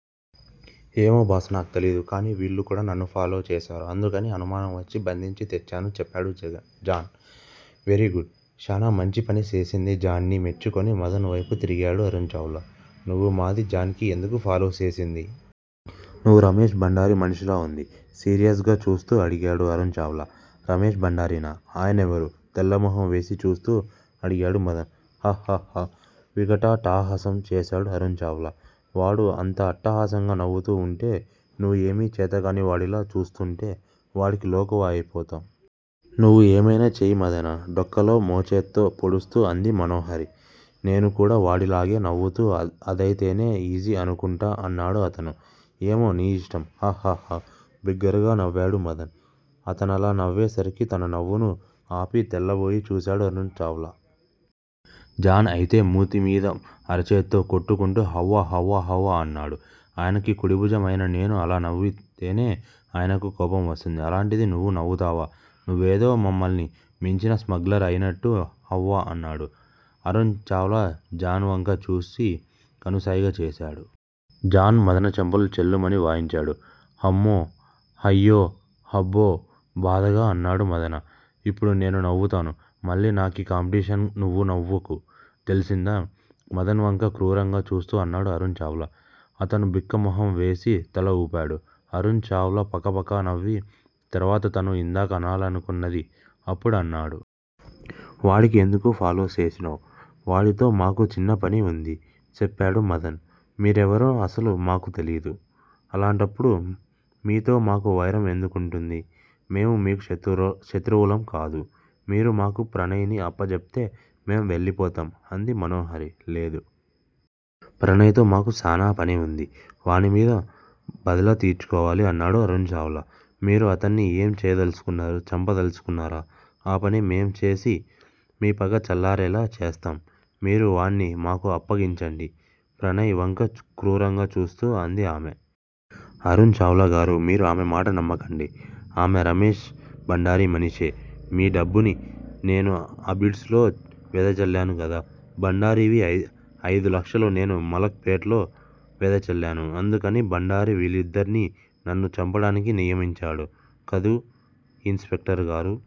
ఏమో బాస్ నాకు తెలీదు. కానీ వీళ్ళు కూడా నన్ను ఫాలో చేశారు. అందుకని అనుమానం వచ్చి బంధించి తెచ్చాను చెప్పాడు జాన్. వెరీగుడ్! శానా మంచి పని సేసింది జాన్ ని మెచ్చుకుని మదన్ వైపు తిరిగాడు అరుణ్ చావ్లా. నువ్వు మాది జాన్ కి ఎందుకు ఫాలో సేసింది? నువ్వు రమేష్ భండారీ మన్షీలా వుంది? సీరియస్ గా చూస్తూ అడిగాడు అరుణ్ చావ్లా. రమేష్ భండారీనా? ఆయనెవరు? తెల్లమొహం వేసి చూస్తూ అడిగాడు మదన్. హ్హహ్హహ్హ వికటాట్టహాసం చేశాడు అరుణ్ చావ్లా. వాడు అంత అట్టహాసంగా నవ్వుతూ వుంటే నువ్వు ఏమీ చేతకాని వాడిలా చూస్తుంటే వాడికి లోకువ అయిపోతాం. నువ్వూ ఏమైనా చెయ్యి మదన డొక్కలో మోచేత్తో పొడుస్తూ అంది మనోహరి. నేను కూడా వాడిలాగే నవ్వుతా అదైతేనే ఈజీ అనుకుంటా అన్నాడు అతను. ఏమో నీ ఇష్టం. హ్హ హ్హ హ్హ. బిగ్గరగా నవ్వాడు మదన్. అతనలా నవ్వేసరికి తన నవ్వును ఆపి తెల్లబోయి చూశాడు అరుణ్ చావ్లా. జాన్ అయితే మూతిమీద అరచేత్తో కొట్టుకుంటూ హవ్వ హవ్వ హవ్వ అన్నాడు. ఆయనకీ కుడిభుజం అయినా నేను అలా నవ్వితేనే ఆయనకు కోపం వస్తుంది అలాంటిది నువ్వు నవ్వుతావా నువ్వేదో మమ్మల్ని మించిన స్మగ్లర్ అయినట్టు హవ్వ అన్నాడు. అరుణ్ చావ్లా జాన్ వంక చూసి కనుసైగ చేశాడు. జాన్ మదన చెంపలు చెళ్ళుమని వాయించాడు. హమ్మో హయ్యో హబ్బో బాధగా అన్నాడు మదన. ఇప్పుడూ నేనూ నవ్వుతాను. మళ్ళీ నాకీ కాంపిటీషన్ నువ్వూ నవ్వకు తెల్సిందా? మదన్ వంక క్రూరంగా చూస్తూ అన్నాడు అరుణ్ చావ్లా. అతను బిక్కమొహంవేసి తల వూపాడు. అరుణ్ చావ్లా పకపకా నవ్వి తర్వాత తను యిందాక అనాలని అనుకున్నది అప్పుడు అన్నాడు. వాడికీ ఎందుకూ ఫాలో సేసినావ్? వాడితో మాకు చిన్నపని వుంది చెప్పాడు మదన్. మీరెవరో అసలు మాకు తెలీదు అలాంటప్పుడు మీతో మాకు వైరం ఎందుకుంటుందీ? మేము మీకు శత్రువులం కాదు మీరు మాకు ప్రణయ్ ని అప్పజేప్తే మేం వెళ్ళిపోతాం అంది మనోహరి. లేదు! ప్రణయ్ తో మాకు శానా పని వుంది వానిమీద మేం బద్లా తీర్చుకోవాలి అన్నాడు అరుణ్ చావ్లా. మీరు అతన్ని ఏం చెయ్యదల్చుకున్నారు చంపదల్చుకున్నారా? ఆ పని మేం చేసి మీ పగ చల్లారేలా చేస్తాం మీరు వాడ్ని మాకు అప్పగించండి ప్రణయ్ వంక క్రూరంగా చూస్తూ అంది ఆమె. అరుణ్ చావ్లాగారూ మీరు ఆమె మాట నమ్మకండి. ఆమె రమేష్ భండారీ మనిషే మీ డబ్బుని నేను అబిడ్స్ లో వెదచల్లాను కదా! భండారీవి అయిదు లక్షలు నేను మలక్ పేటలో వెదచల్లాను అందుకని భండారీ వీళ్ళిద్దర్నీ నన్ను చంపడానికి నియమించాడు కదూ ఇన్స్ పెక్టర్ గారూ?